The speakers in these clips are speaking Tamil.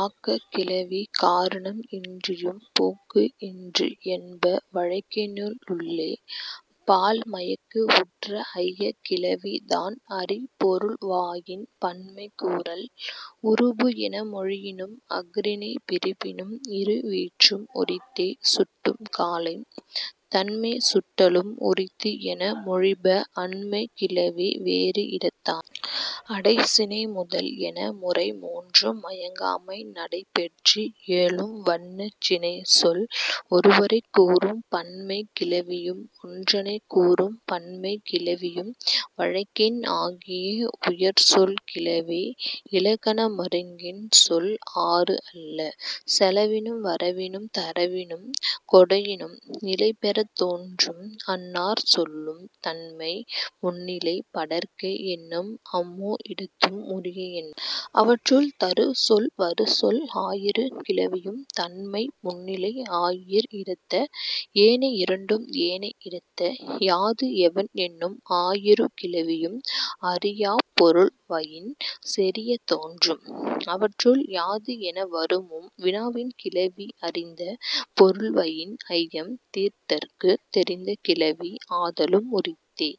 ஆக்கக் கிளவி காரணம் இன்றியும் போக்கு இன்று என்ப வழக்கினுள்ளே.। பால் மயக்கு உற்ற ஐயக் கிளவி தான் அறி பொருள்வயின் பன்மை கூறல். உருபு என மொழியினும் அஃறிணைப் பிரிப்பினும் இரு வீற்றும் உரித்தே சுட்டும் காலை. தன்மை சுட்டலும் உரித்து என மொழிப அன்மைக் கிளவி வேறு இடத்தான. அடை சினை முதல் என முறை மூன்றும் மயங்காமை நடை பெற்று இயலும் வண்ணச் சினைச் சொல். ஒருவரைக் கூறும் பன்மைக் கிளவியும் ஒன்றனைக் கூறும் பன்மைக் கிளவியும் வழக்கின் ஆகிய உயர் சொல் கிளவி இலக்கண மருங்கின் சொல் ஆறு அல்ல. செலவினும் வரவினும் தரவினும் கொடையினும் நிலை பெறத் தோன்றும் அந் நாற் சொல்லும் தன்மை முன்னிலை படர்க்கை என்னும் அம் மூ இடத்தும் உரிய என்ப. அவற்றுள், தரு சொல் வரு சொல் ஆயிரு கிளவியும் தன்மை முன்னிலை ஆயீர் இடத்த. ஏனை இரண்டும் ஏனை இடத்த. யாது எவன் என்னும் ஆயிரு கிளவியும் அறியாப் பொருள்வயின் செறியத் தோன்றும். அவற்றுள், யாது என வரூஉம் வினாவின் கிளவி அறிந்த பொருள்வயின் ஐயம் தீர்தற்குத் தெரிந்த கிளவி ஆதலும் உரித்தே.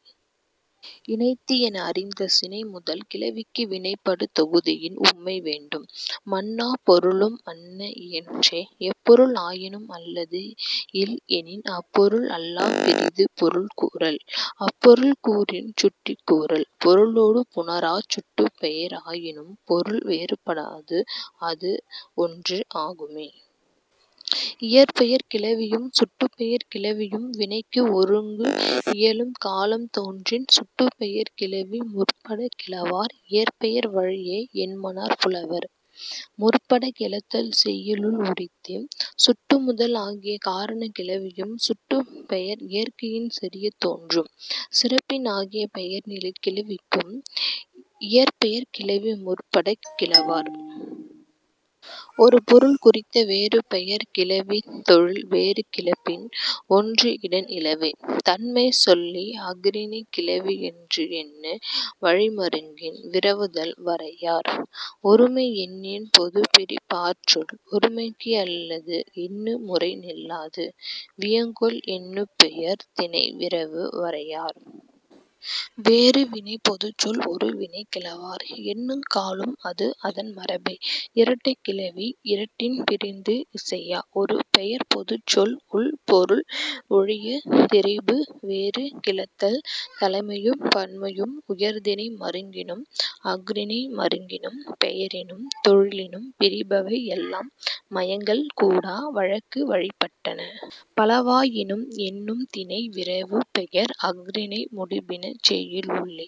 இனைத்து என அறிந்த சினை முதல் கிளவிக்கு வினைப்படு தொகுதியின் உம்மை வேண்டும். மன்னாப் பொருளும் அன்ன இயற்றே. எப் பொருள் ஆயினும் அல்லது இல் எனின் அப் பொருள் அல்லாப் பிறிது பொருள் கூறல். அப் பொருள் கூறின் சுட்டிக் கூறல். பொருளொடு புணராச் சுட்டுப்பெயர் ஆயினும் பொருள் வேறுபடாஅது ஒன்று ஆகும்மே. இயற்பெயர்க் கிளவியும் சுட்டுப்பெயர்க் கிளவியும் வினைக்கு ஒருங்கு இயலும் காலம் தோன்றின் சுட்டுப்பெயர்க் கிளவி முற்படக் கிளவார் இயற்பெயர் வழிய என்மனார் புலவர். முற்படக் கிளத்தல் செய்யுளுள் உரித்தே. சுட்டு முதல் ஆகிய காரணக் கிளவியும் சுட்டுப்பெயர் இயற்கையின் செறியத் தோன்றும். சிறப்பின் ஆகிய பெயர்நிலைக் கிளவிக்கும் இயற்பெயர்க் கிளவி முற்படக் கிளவார். ஒரு பொருள் குறித்த வேறு பெயர்க் கிளவி தொழில் வேறு கிளப்பின் ஒன்று இடன் இலவே. தன்மைச் சொல்லே அஃறிணைக் கிளவி என்று எண்ணு வழி மருங்கின் விரவுதல் வரையார். ஒருமை எண்ணின் பொதுப் பிரி பாற்சொல் ஒருமைக்கு அல்லது எண்ணு முறை நில்லாது. வியங்கோள் எண்ணுப்பெயர் திணை விரவு வரையார். வேறு வினைப் பொதுச் சொல் ஒரு வினை கிளவார். எண்ணுங்காலும் அது அதன் மரபே. இரட்டைக்கிளவி இரட்டின் பிரிந்து இசையா. ஒரு பெயர்ப் பொதுச் சொல் உள் பொருள் ஒழியத் தெரிபு வேறு கிளத்தல் தலைமையும் பன்மையும் உயர்திணை மருங்கினும் அஃறிணை மருங்கினும். பெயரினும் தொழிலினும் பிரிபவை எல்லாம் மயங்கல் கூடா வழக்குவழிப் பட்டன. பலவயினானும் எண்ணுத் திணை விரவுப்பெயர் அஃறிணை முடிபின செய்யுளுள்ளே.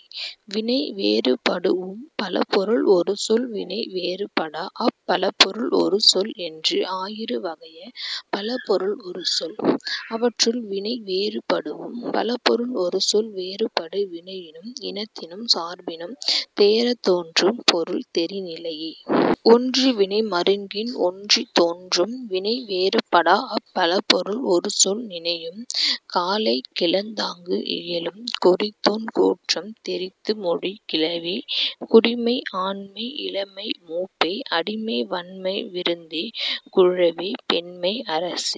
வினை வேறுபடூஉம் பல பொருள் ஒரு சொல் வினை வேறுபடாஅப் பல பொருள் ஒரு சொல் என்று ஆயிரு வகைய பல பொருள் ஒரு சொல். அவற்றுள், வினை வேறுபடூஉம் பல பொருள் ஒரு சொல் வேறுபடு வினையினும் இனத்தினும் சார்பினும் தேறத் தோன்றும் பொருள் தெரி நிலையே. ஒன்று வினை மருங்கின் ஒன்றித் தோன்றும். வினை வேறுபடாஅப் பல பொருள் ஒரு சொல் நினையும் காலை கிளந்தாங்கு இயலும். குறித்தோன் கூற்றம் தெரித்து மொழி கிளவி. குடிமை ஆண்மை இளமை மூப்பே அடிமை வன்மை விருந்தே குழுவே பெண்மை அரசே